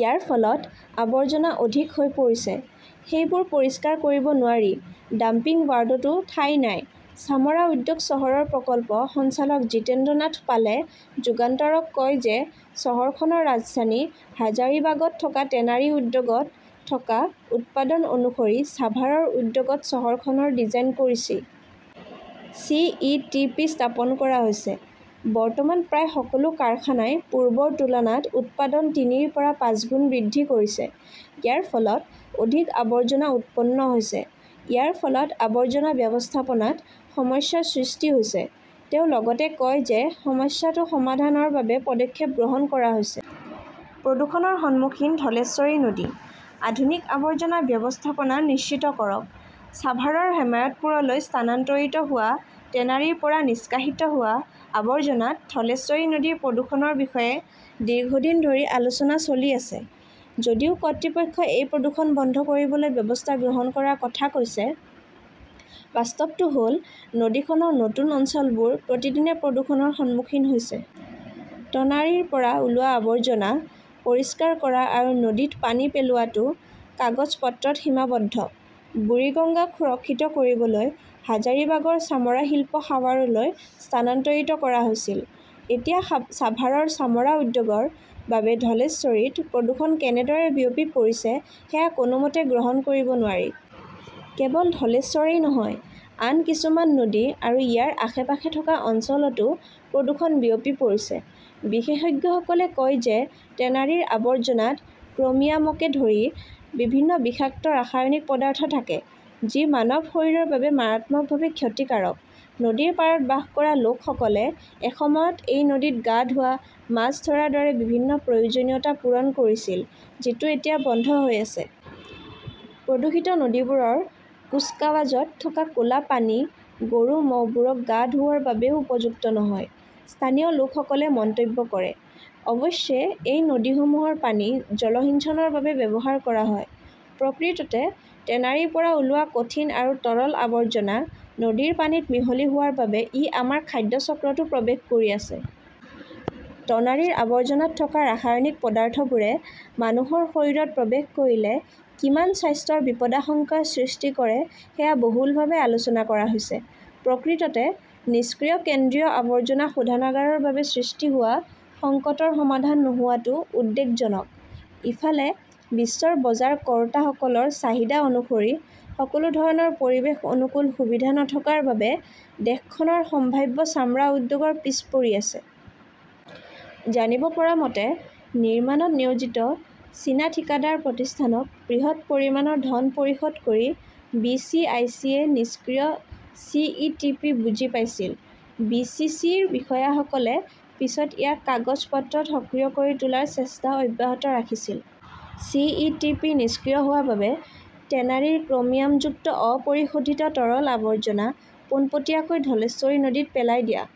ইয়াৰ ফলত আৱৰ্জনা অধিক হৈ পৰিছে। সেইবোৰ পৰিষ্কাৰ কৰিব নোৱাৰি। ডাম্পিং ৱাৰ্ডতো ঠাই নাই। চামৰা উদ্যোগ চহৰৰ প্ৰকল্প সঞ্চালক জিতেন্দ্ৰ নাথ পালে যুগান্তৰক কয় যে চহৰখনৰ ৰাজধানী হাজাৰিবাগত থকা টেনাৰী উদ্যোগত থকা উৎপাদন অনুসৰি ছাভাৰৰ ঔদ্যোগিক চহৰখন ডিজাইন কৰি চি. ই. টি. পি. স্থাপন কৰা হৈছে। বৰ্তমান প্ৰায় সকলো কাৰখানাই পূৰ্বৰ তুলনাত উৎপাদন তিনিৰ পৰা পাঁচগুণ বৃদ্ধি কৰিছে। ইয়াৰ ফলত অধিক আৱৰ্জনা উৎপন্ন হৈছে। ইয়াৰ ফলত আৱৰ্জনা ব্যৱস্থাপনাত সমস্যাৰ সৃষ্টি হৈছে। তেওঁ লগতে কয় যে সমস্যাটো সমাধানৰ বাবে পদক্ষেপ গ্ৰহণ কৰা হৈছে। প্ৰদূষণৰ সন্মুখীন ধলেশ্বৰী নদী ।আধুনিক আৱৰ্জনা ব্যৱস্থাপনা নিশ্চিত কৰক। ছাভাৰৰ হেমায়তপুৰলৈ স্থানান্তৰিত হোৱা টেনাৰীৰ পৰা নিষ্কাশিত হোৱা আৱৰ্জনাত ধলেশ্বৰী নদীৰ প্ৰদূষণৰ বিষয়ে দীৰ্ঘদিন ধৰি আলোচনা চলি আছে। যদিও কৰ্তৃপক্ষই এই প্ৰদূষণ বন্ধ কৰিবলৈ ব্যৱস্থা গ্ৰহণ কৰাৰ কথা কৈছে, বাস্তৱটো হ'ল নদীখনৰ নতুন অঞ্চলবোৰ প্ৰতিদিনে প্ৰদূষণৰ সন্মুখীন হৈছে। টনাৰীৰ পৰা ওলোৱা আৱৰ্জনা পৰিষ্কাৰ কৰা আৰু নদীত পানী পেলোৱাটো কাগজ-পত্ৰত সীমাবদ্ধ। বুৰিগঙ্গাক সুৰক্ষিত কৰিবলৈ হাজাৰিবাগৰ চামৰা শিল্প সাৱাৰলৈ স্থানান্তৰিত কৰা হৈছিল। এতিয়া ছাভাৰৰ চামৰা উদ্যোগৰ বাবে ধলেশ্বৰীত প্ৰদূষণ কেনেদৰে বিয়পি পৰিছে সেয়া কোনোমতে গ্ৰহণ কৰিব নোৱাৰি। কেৱল ধলেশ্বৰেই নহয়, আন কিছুমান নদী আৰু ইয়াৰ আশে-পাশে থকা অঞ্চলতো প্ৰদূষণ বিয়পি পৰিছে। বিশেষজ্ঞসকলে কয় যে টেনাৰীৰ আৱৰ্জনাত ক্ৰমিয়ামকে ধৰি বিভিন্ন বিষাক্ত ৰাসায়নিক পদাৰ্থ থাকে, যি মানৱ শৰীৰৰ বাবে মাৰাত্মকভাৱে ক্ষতিকাৰক। নদীৰ পাৰত বাস কৰা লোকসকলে এসময়ত এই নদীত গা ধোৱা, মাছ ধৰাৰ দৰে বিভিন্ন প্ৰয়োজনীয়তা পূৰণ কৰিছিল, যিটো এতিয়া বন্ধ হৈ আছে। প্ৰদূষিত নদীবোৰৰ কুচকাৱাজত থকা ক'লা পানী গৰু, ম'হবোৰক গা ধোৱাৰ বাবেও উপযুক্ত নহয়, স্থানীয় লোকসকলে মন্তব্য কৰে। অৱশ্যে এই নদীসমূহৰ পানী জলসিঞ্চনৰ বাবে ব্যৱহাৰ কৰা হয়। প্ৰকৃততে টেনাৰীৰ পৰা ওলোৱা কঠিন আৰু তৰল আৱৰ্জনা নদীৰ পানীত মিহলি হোৱাৰ বাবে ই আমাৰ খাদ্য চক্ৰতো প্ৰৱেশ কৰি আছে। টনাৰীৰ আৱৰ্জনাত থকা ৰাসায়নিক পদাৰ্থবোৰে মানুহৰ শৰীৰত প্ৰৱেশ কৰিলে কিমান স্বাস্থ্যৰ বিপদাশংকাৰ সৃষ্টি কৰে সেয়া বহুলভাৱে আলোচনা কৰা হৈছে। প্ৰকৃততে নিষ্ক্ৰিয় কেন্দ্ৰীয় আৱৰ্জনা শোধনাগাৰ ৰ বাবে সৃষ্টি হোৱা সংকটৰ সমাধান নোহোৱাটো উদ্বেগজনক। ইফালে বিশ্বৰ বজাৰ কৰোঁতাসকলৰ চাহিদা অনুসৰি সকলো ধৰণৰ পৰিৱেশ অনুকূল সুবিধা নথকাৰ বাবে দেশখনৰ সম্ভাৱ্য চামৰা উদ্যোগ পিছ পৰি আছে। জানিব পৰা মতে, নিৰ্মাণত নিয়োজিত চীনা ঠিকাদাৰ প্ৰতিষ্ঠানক বৃহৎ পৰিমাণৰ ধন পৰিশোধ কৰি বি. চি. আই. চি.য়ে নিষ্ক্ৰিয় চি. ই. টি. পি. বুজি পাইছিল। বি. চি. চি. ৰ বিষয়াসকলে পিছত ইয়াক কাগজ পত্ৰত সক্ৰিয় কৰি তোলাৰ চেষ্টা অব্যাহত ৰাখিছিল। চি. ই. টি. পি. নিষ্ক্ৰিয় হোৱাৰ বাবে টেনাৰীৰ ক্ৰমিয়ামযুক্ত অপৰিশোধিত তৰল আৱৰ্জনা পোনপটীয়াকৈ ধলেশ্বৰী নদীত পেলাই দিয়া